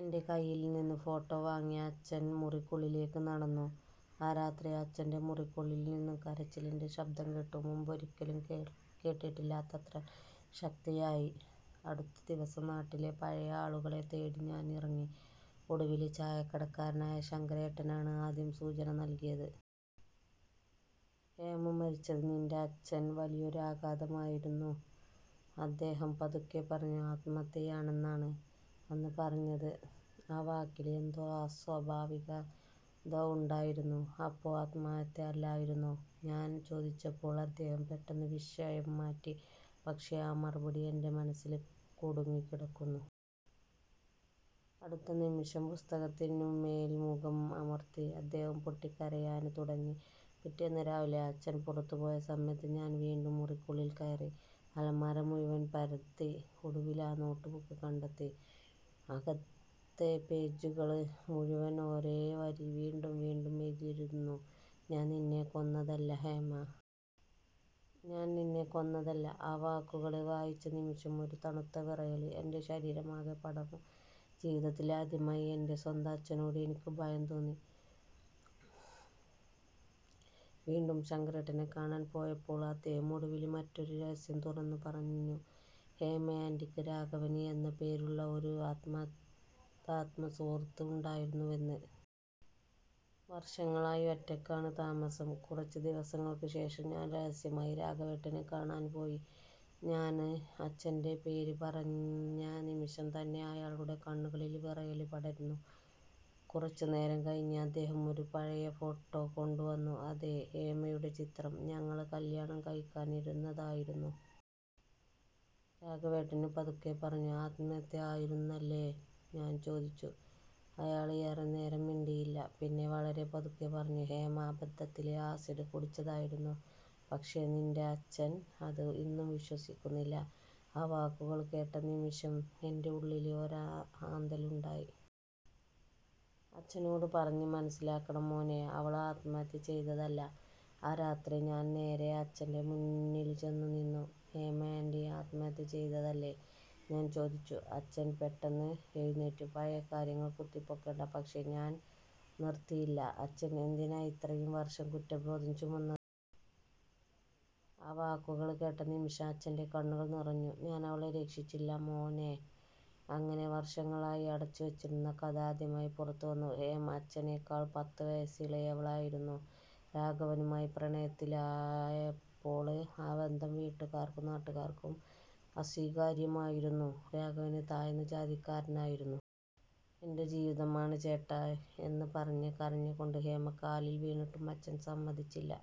എന്റെ കയ്യില് നിന്ന് ഫോട്ടോ വാങ്ങിയ അച്ഛന് മുറിക്കുള്ളിലേക്ക് നടന്നു. ആ രാത്രി അച്ഛന്റെ മുറിക്കുള്ളില് നിന്ന് കരച്ചിലിന്റെ ശബ്ദം കേട്ടു. മുമ്പൊരിക്കലും കേട്ടിട്ടില്ലാത്തത്ര ശക്തിയായി. അടുത്ത ദിവസം നാട്ടിലെ പഴയ ആളുകളെ തേടി ഞാന് ഇറങ്ങി. ഒടുവില്, ചായക്കടക്കാരനായ ശങ്കരേട്ടനാണ് ആദ്യ സൂചന നല്കിയത്. ''ഹേമ മരിച്ചത് നിന്റെ അച്ഛന് വലിയൊരു ആഘാതമായിരുന്നു... ' അദ്ദേഹം പതുക്കെ പറഞ്ഞു. ''ആത്മഹത്യയാണെന്നാണ് അന്ന് പറഞ്ഞത്... ' ആ വാക്കില് എന്തോ അസ്വാഭാവികത ഉണ്ടായിരുന്നു. ''അപ്പോ ആത്മഹത്യ അല്ലായിരുന്നോ? '' ഞാന് ചോദിച്ചപ്പോള് അദ്ദേഹം പെട്ടെന്ന് വിഷയം മാറ്റി. പക്ഷേ ആ മറുപടി എന്റെ മനസ്സില് കുടുങ്ങിക്കിടന്നു. അടുത്ത നിമിഷം പുസ്തകത്തിനുമേല് മുഖം അമര്ത്തി അദ്ദേഹം പൊട്ടിക്കരയാന് തുടങ്ങി. പിറ്റേന്ന് രാവിലെ അച്ഛന് പുറത്തുപോയ സമയത്ത് ഞാന് വീണ്ടും മുറിക്കുള്ളില് കയറി. അലമാര മുഴുവന് പരതി. ഒടുവില് ആ നോട്ട് ബുക്ക് കണ്ടെത്തി. അകത്തെ പേജുകള് മുഴുവന് ഒരേ വരി വീണ്ടും വീണ്ടും എഴുതിയിരുന്നു 'ഞാന് നിന്നെ കൊന്നതല്ല ഹേമ... ഞാന് നിന്നെ കൊന്നതല്ല... ' ആ വാക്കുകള് വായിച്ച നിമിഷം ഒരു തണുത്ത വിറയല് എന്റെ ശരീരമാകെ പടര്ന്നു. ജീവിതത്തില് ആദ്യമായി എന്റെ സ്വന്തം അച്ഛനോട് എനിക്ക് ഭയം തോന്നി. വീണ്ടും ശങ്കരേട്ടനെ കാണാന് പോയപ്പോള് അദ്ദേഹം ഒടുവില് മറ്റൊരു രഹസ്യം തുറന്നു പറഞ്ഞു. ഹേമയാന്റിക്ക് രാഘവന് എന്ന പേരുള്ള ഒരു ആത്മസുഹൃത്ത് ഉണ്ടായിരുന്നുവെന്ന്. വര്ഷങ്ങളായി ഒറ്റയ്ക്കാണ് താമസം. കുറച്ച് ദിവസങ്ങള്ക്ക് ശേഷം ഞാന് രഹസ്യമായി രാഘവേട്ടനെ കാണാന് പോയി. ഞാന് അച്ഛന്റെ പേര് പറഞ്ഞ നിമിഷം തന്നെ അയാളുടെ കണ്ണുകളില് വിറയല് പടര്ന്നു. കുറച്ചുനേരം കഴിഞ്ഞ് അദ്ദേഹം ഒരു പഴയ ഫോട്ടോ കൊണ്ടുവന്നു. അതേ ഹേമയുടെ ചിത്രം. ''ഞങ്ങള് കല്യാണം കഴിക്കാനിരുന്നതായിരുന്നു... ' രാഘവേട്ടന് പതുക്കെ പറഞ്ഞു. ''ആത്മഹത്യ ആയിരുന്നല്ലേ? '' ഞാന് ചോദിച്ചു. അയാള് ഏറെ നേരം മിണ്ടിയില്ല. പിന്നെ വളരെ പതുക്കെ പറഞ്ഞു 'ഹേമ അബദ്ധത്തില് ആസിഡ് കുടിച്ചതായിരുന്നു... പക്ഷേ നിന്റെ അച്ഛന് അത് ഇന്നും വിശ്വസിക്കുന്നില്ല... ' ആ വാക്കുകള് കേട്ട നിമിഷം എന്റെ ഉള്ളില് ഒരാന്തല് ഉണ്ടായി. ''അച്ഛനോട് പറഞ്ഞ് മനസ്സിലാക്കണം മോനേ... അവള് ആത്മഹത്യ ചെയ്തതല്ല... ' ആ രാത്രി ഞാന് നേരെ അച്ഛന്റെ മുന്നില് ചെന്നുനിന്നു. ''ഹേമ ആന്റി ആത്മഹത്യ ചെയ്തതല്ലേ? '' ഞാന് ചോദിച്ചു. അച്ഛന് പെട്ടെന്ന് എഴുന്നേറ്റു. ''പഴയ കാര്യങ്ങള് കുത്തിപ്പൊക്കണ്ട... ' പക്ഷേ ഞാന് നിര്ത്തിയില്ല. ''അച്ഛന് എന്തിനാ ഇത്രയും വര്ഷം കുറ്റബോധം ചുമന്നത്? '' ആ വാക്കുകള് കേട്ട നിമിഷം അച്ഛന്റെ കണ്ണുകള് നിറഞ്ഞു. ''ഞാനവളെ രക്ഷിച്ചില്ല മോനേ... ' അങ്ങനെ വര്ഷങ്ങളായി അടച്ചുവെച്ചിരുന്ന കഥ ആദ്യമായി പുറത്തുവന്നു. ഹേമ അച്ഛനെക്കാള് പത്ത് വയസ് ഇളയവളായിരുന്നു. രാഘവനുമായി പ്രണയത്തിലായപ്പോള് ആ ബന്ധം വീട്ടുകാര്ക്കും നാട്ടുകാര്ക്കും അസ്വീകാര്യമായിരുന്നു. രാഘവന് താഴ്ന്ന ജാതിക്കാരനായിരുന്നു. ''എന്റെ ജീവിതമാണ് ചേട്ടാ... ' എന്ന് പറഞ്ഞ് കരഞ്ഞുകൊണ്ട് ഹേമ കാലില് വീണിട്ടും അച്ഛന് സമ്മതിച്ചില്ല.